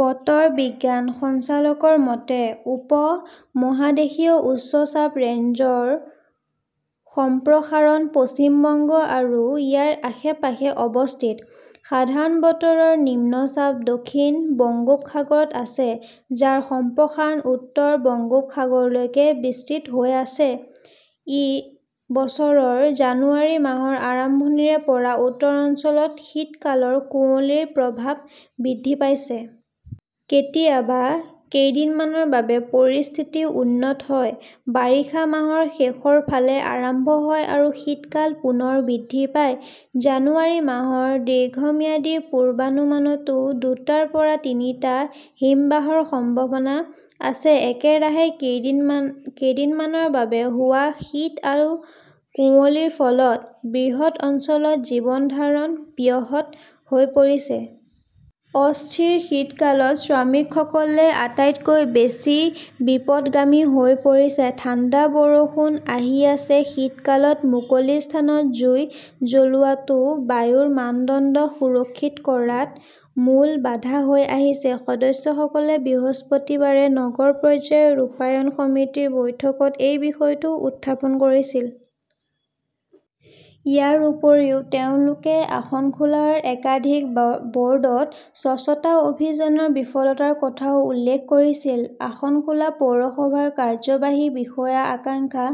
বতৰ বিজ্ঞান সঞ্চালকৰ মতে, উপ-মহাদেশীয় উচ্চ চাপ ৰেঞ্জৰ সম্প্ৰসাৰণ পশ্চিম বংগ আৰু ইয়াৰ আশে-পাশে অৱস্থিত। সাধাৰণ বতৰৰ নিম্নচাপ দক্ষিণ বংগোপসাগৰত আছে, যাৰ সম্প্ৰসাৰণ উত্তৰ বংগোপসাগৰলৈকে বিস্তৃত হৈ আছে। এই বছৰৰ জানুৱাৰী মাহৰ আৰম্ভণিৰে পৰা উত্তৰ অঞ্চলত শীতকালৰ কুঁৱলীৰ প্ৰভাৱ বৃদ্ধি পাইছে। কেতিয়াবা কেইদিনমানৰ বাবে পৰিস্থিতি উন্নত হয়। বাৰিষা মাহৰ শেষৰ ফালে আৰম্ভ হয় আৰু শীতকাল পুনৰ বৃদ্ধি পায়। জানুৱাৰী মাহৰ দীৰ্ঘম্যাদী পূৰ্বানুমানতো দুটাৰ পৰা তিনিটা হিমবাহৰ সম্ভাৱনা আছে। একেৰাহে কেইদিনমানৰ বাবে হোৱা শীত আৰু কুঁৱলীৰ ফলত বৃহৎ অঞ্চলত জীৱন ধাৰণ ব্যাহত হৈ পৰিছে। অস্থিৰ শীতকালত শ্ৰমিকসকলে আটাইতকৈ বেছি বিপথগামী হৈ পৰিছে। ঠাণ্ডা বৰষুণ আহি আছে শীতকালত মুকলি স্থানত জুই জ্বলোৱাটো বায়ুৰ মানদণ্ড সুৰক্ষিত কৰাত মূল বাধা হৈ আহিছে। সদস্যসকলে বৃহস্পতিবাৰে নগৰ পৰ্যায়ৰ ৰূপায়ণ সমিতিৰ বৈঠকত এই বিষয়টো উত্থাপন কৰিছিল। ইয়াৰ উপৰিও, তেওঁলোকে আসনসোলৰ একাধিক ৱাৰ্ডত স্বচ্ছতা অভিযানৰ বিফলতাৰ কথাও উল্লেখ কৰিছিল। আসনসোল পৌৰসভাৰ কাৰ্যবাহী বিষয়া আকাংক্ষা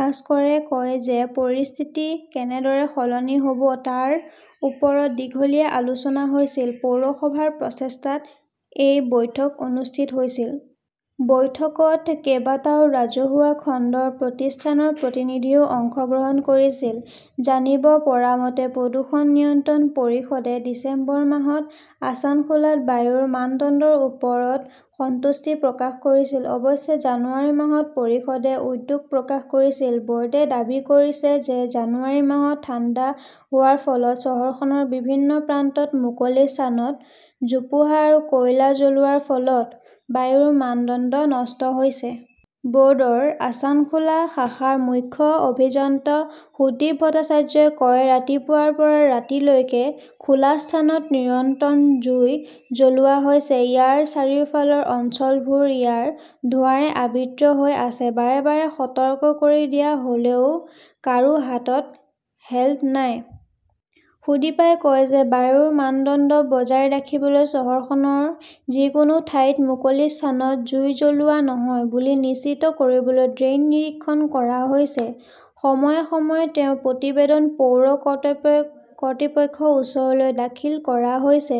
ভাস্কৰে কয় যে ,পৰিস্থিতি কেনেদৰে সলনি হ'ব তাৰ ওপৰত দীঘলীয়া আলোচনা হৈছিল। পৌৰসভাৰ প্ৰচেষ্টাত এই বৈঠক অনুষ্ঠিত হৈছিল। বৈঠকত কেইবাটাও ৰাজহুৱা খণ্ডৰ প্ৰতিষ্ঠানৰ প্ৰতিনিধিয়েও অংশগ্ৰহণ কৰিছিল। জানিব পৰা মতে, প্ৰদূষণ নিয়ন্ত্ৰণ পৰিষদে ডিচেম্বৰ মাহত আছানসোলত বায়ুৰ মানদণ্ডৰ ওপৰত সন্তুষ্টি প্ৰকাশ কৰিছিল। অৱশ্যে, জানুৱাৰী মাহত পৰিষদে উদ্বেগ প্ৰকাশ কৰিছিল। ব'ৰ্ডে দাবী কৰিছে যে, জানুৱাৰী মাহত ঠাণ্ডা হোৱাৰ ফলত চহৰখনৰ বিভিন্ন প্ৰান্তত মুকলি স্থানত জোপোহা আৰু কয়লা জ্বলোৱাৰ ফলত বায়ুৰ মানদণ্ড নষ্ট হৈছে। ব'ৰ্ডৰ আছানসোল শাখাৰ মুখ্য অভিযন্তা সুদীপ ভট্টাচাৰ্যই কয়, "ৰাতিপুৱাৰ পৰা ৰাতিলৈকে খোলা স্থানত নিৰন্তৰ জুই জ্বলোৱা হৈছে। ইয়াৰ চাৰিওফালৰ অঞ্চলবোৰ ইয়াৰ ধোঁৱাৰে আবৃত হৈ আছে। বাৰে বাৰে সতৰ্ক কৰি দিয়া হ'লেও কাৰো হাতত হেল্ডল নাই।" সুদীপই কয় যে বায়ুৰ মানদণ্ড বজাই ৰাখিবলৈ চহৰখনৰ যিকোনো ঠাইতে মুকলি স্থানত জুই জ্বলোৱা নহয় বুলি নিশ্চিত কৰিবলৈ ড্ৰোন নিৰীক্ষণ কৰা হৈছে। সময়ে সময়ে তেওঁৰ প্ৰতিবেদন পৌৰ কৰ্তৃপক্ষৰ ওচৰতো দাখিল কৰা হৈছে।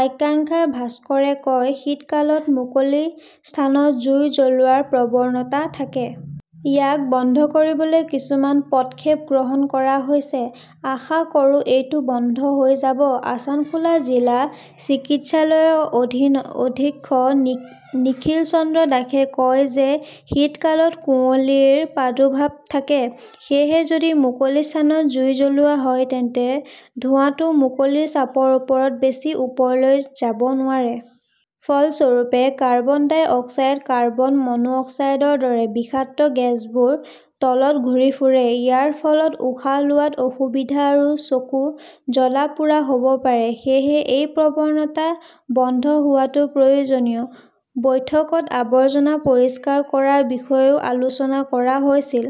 আকাংক্ষা ভাস্কৰে কয়, শীতকালত মুকলি স্থানত জুই জ্বলোৱাৰ প্ৰৱণতা থাকে। ইয়াক বন্ধ কৰিবলৈ কিছুমান পদক্ষেপ গ্ৰহণ কৰা হৈছে। আশা কৰোঁ সেইটো বন্ধ হৈ যাব।" আছানসোল জিলা চিকিৎসালয়ৰ অধীক্ষক নিখিল চন্দ্ৰ দাসে কয় যে, শীতকালত কুঁৱলীৰ প্ৰাদুৰ্ভাৱ থাকে। সেয়েহে যদি মুকলি স্থানত জুই জ্বলোৱা হয় তেন্তে ধোঁৱাটো কুঁৱলীৰ চাপৰ ওপৰত বেছি ওপৰলৈ যাব নোৱাৰে। ফলস্বৰূপে, কাৰ্বন ডাই অক্সাইড, কাৰ্বন মনো অক্সাইডৰ দৰে বিষাক্ত গেছবোৰ তলত ঘূৰি ফুৰে। ইয়াৰ ফলত উশাহ লোৱাত অসুবিধা আৰু চকু জ্বলা-পোৰা হ'ব পাৰে। সেয়েহে এই প্ৰৱণতা বন্ধ হোৱাটো প্ৰয়োজনীয়। বৈঠকত আৱৰ্জনা পৰিষ্কাৰ কৰাৰ বিষয়েও আলোচনা কৰা হৈছিল।